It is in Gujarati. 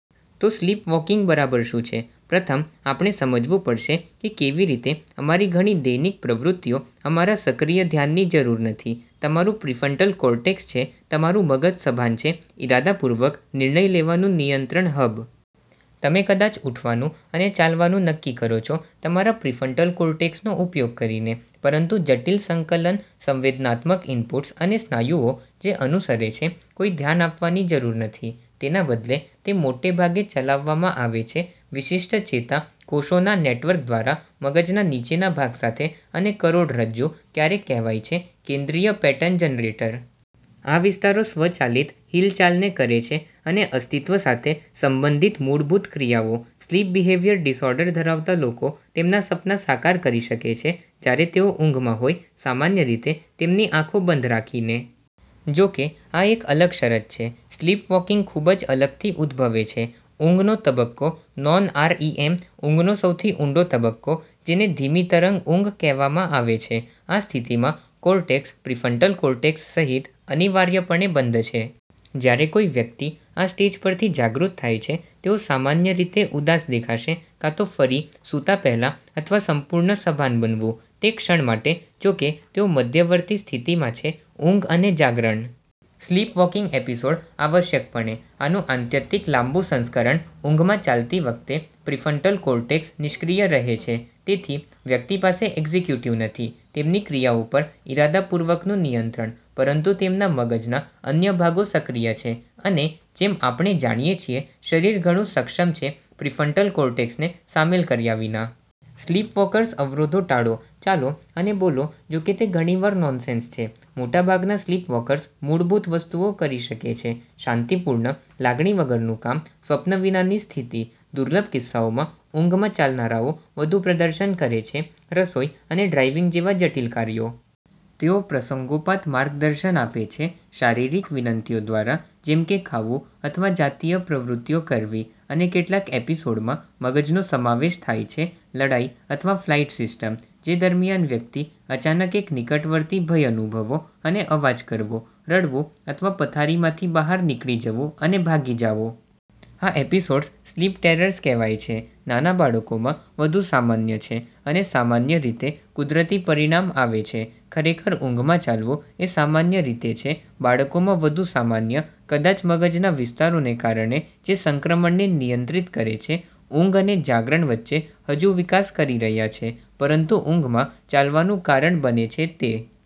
તો, સ્લીપવૉકિંગ બરાબર શું છે? પ્રથમ, આપણે સમજવું પડશે કે કેવી રીતે અમારી ઘણી દૈનિક પ્રવૃત્તિઓ અમારા સક્રિય ધ્યાનની જરૂર નથી. તમારું પ્રીફ્રન્ટલ કોર્ટેક્સ છે તમારું મગજ સભાન છે, ઇરાદાપૂર્વક, નિર્ણય લેવાનું નિયંત્રણ હબ. તમે કદાચ ઉઠવાનું અને ચાલવાનું નક્કી કરો છો તમારા પ્રીફ્રન્ટલ કોર્ટેક્સનો ઉપયોગ કરીને, પરંતુ જટિલ સંકલન સંવેદનાત્મક ઇનપુટ્સ અને સ્નાયુઓ જે અનુસરે છે કોઈ ધ્યાન આપવાની જરૂર નથી. તેના બદલે, તે મોટે ભાગે ચલાવવામાં આવે છે વિશિષ્ટ ચેતા કોષોના નેટવર્ક દ્વારા મગજના નીચેના ભાગ સાથે અને કરોડરજ્જુ, ક્યારેક કહેવાય છે "કેન્દ્રીય પેટર્ન જનરેટર. " આ વિસ્તારો સ્વચાલિત હિલચાલને કરે છે અને અસ્તિત્વ સાથે સંબંધિત મૂળભૂત ક્રિયાઓ. સ્લીપ બિહેવિયર ડિસઓર્ડર ધરાવતા લોકો તેમના સપના સાકાર કરી શકે છે જ્યારે તેઓ ઊંઘમાં હોય, સામાન્ય રીતે તેમની આંખો બંધ રાખીને. જો કે, આ એક અલગ શરત છે. સ્લીપવૉકિંગ ખૂબ જ અલગથી ઉદભવે છે ઊંઘનો તબક્કો- નોન-આરઈએમ ઊંઘનો સૌથી ઊંડો તબક્કો, જેને "ધીમી-તરંગ ઊંઘ" કહેવામાં આવે છે. આ સ્થિતિમાં, કોર્ટેક્સ, પ્રીફ્રન્ટલ કોર્ટેક્સ સહિત, અનિવાર્યપણે બંધ છે. જ્યારે કોઈ વ્યક્તિ આ સ્ટેજ પરથી જાગૃત થાય છે, તેઓ સામાન્ય રીતે ઉદાસ દેખાશે કાં તો ફરી સૂતા પહેલા અથવા સંપૂર્ણ સભાન બનવું. તે ક્ષણ માટે, જોકે, તેઓ મધ્યવર્તી સ્થિતિમાં છે ઊંઘ અને જાગરણ. સ્લીપવોકિંગ એપિસોડ, આવશ્યકપણે, આનું આત્યંતિક, લાંબું સંસ્કરણ. ઊંઘમાં ચાલતી વખતે, પ્રીફ્રન્ટલ કોર્ટેક્સ નિષ્ક્રિય રહે છે, તેથી વ્યક્તિ પાસે એક્ઝિક્યુટિવ નથી, તેમની ક્રિયાઓ પર ઇરાદાપૂર્વકનું નિયંત્રણ. પરંતુ તેમના મગજના અન્ય ભાગો સક્રિય છે. અને, જેમ આપણે જાણીએ છીએ, શરીર ઘણું સક્ષમ છે પ્રીફ્રન્ટલ કોર્ટેક્સને સામેલ કર્યા વિના. સ્લીપવોકર્સ અવરોધો ટાળો, ચાલો અને બોલો- જો કે તે ઘણીવાર નોનસેન્સ છે. મોટાભાગના સ્લીપવૉકર્સ મૂળભૂત વસ્તુઓ કરી શકે છે, શાંતિપૂર્ણ, લાગણી વગરનું કામ સ્વપ્ન વિનાની સ્થિતિ. દુર્લભ કિસ્સાઓમાં, ઊંઘમાં ચાલનારાઓ વધુ પ્રદર્શન કરે છે રસોઈ અને ડ્રાઇવિંગ જેવા જટિલ કાર્યો. તેઓ પ્રસંગોપાત માર્ગદર્શન આપે છે શારીરિક વિનંતીઓ દ્વારા, જેમ કે ખાવું અથવા જાતીય પ્રવૃત્તિઓ કરવી. અને કેટલાક એપિસોડમાં મગજનો સમાવેશ થાય છે લડાઈ અથવા ફ્લાઇટ સિસ્ટમ, જે દરમિયાન વ્યક્તિ અચાનક એક નિકટવર્તી ભય અનુભવો, અને અવાજ કરવો, રડવું અથવા પથારીમાંથી બહાર નીકળી જવું અને ભાગી જાઓ. આ એપિસોડ્સ, "સ્લીપ ટેરર્સ" કહેવાય છે. નાના બાળકોમાં વધુ સામાન્ય છે અને સામાન્ય રીતે કુદરતી પરિણામ આવે છે. ખરેખર, ઊંઘમાં ચાલવું એ સામાન્ય રીતે છે બાળકોમાં વધુ સામાન્ય, કદાચ મગજના વિસ્તારોને કારણે જે સંક્રમણને નિયંત્રિત કરે છે ઊંઘ અને જાગરણ વચ્ચે હજુ વિકાસ કરી રહ્યા છે. પરંતુ ઊંઘમાં ચાલવાનું કારણ બને છે તે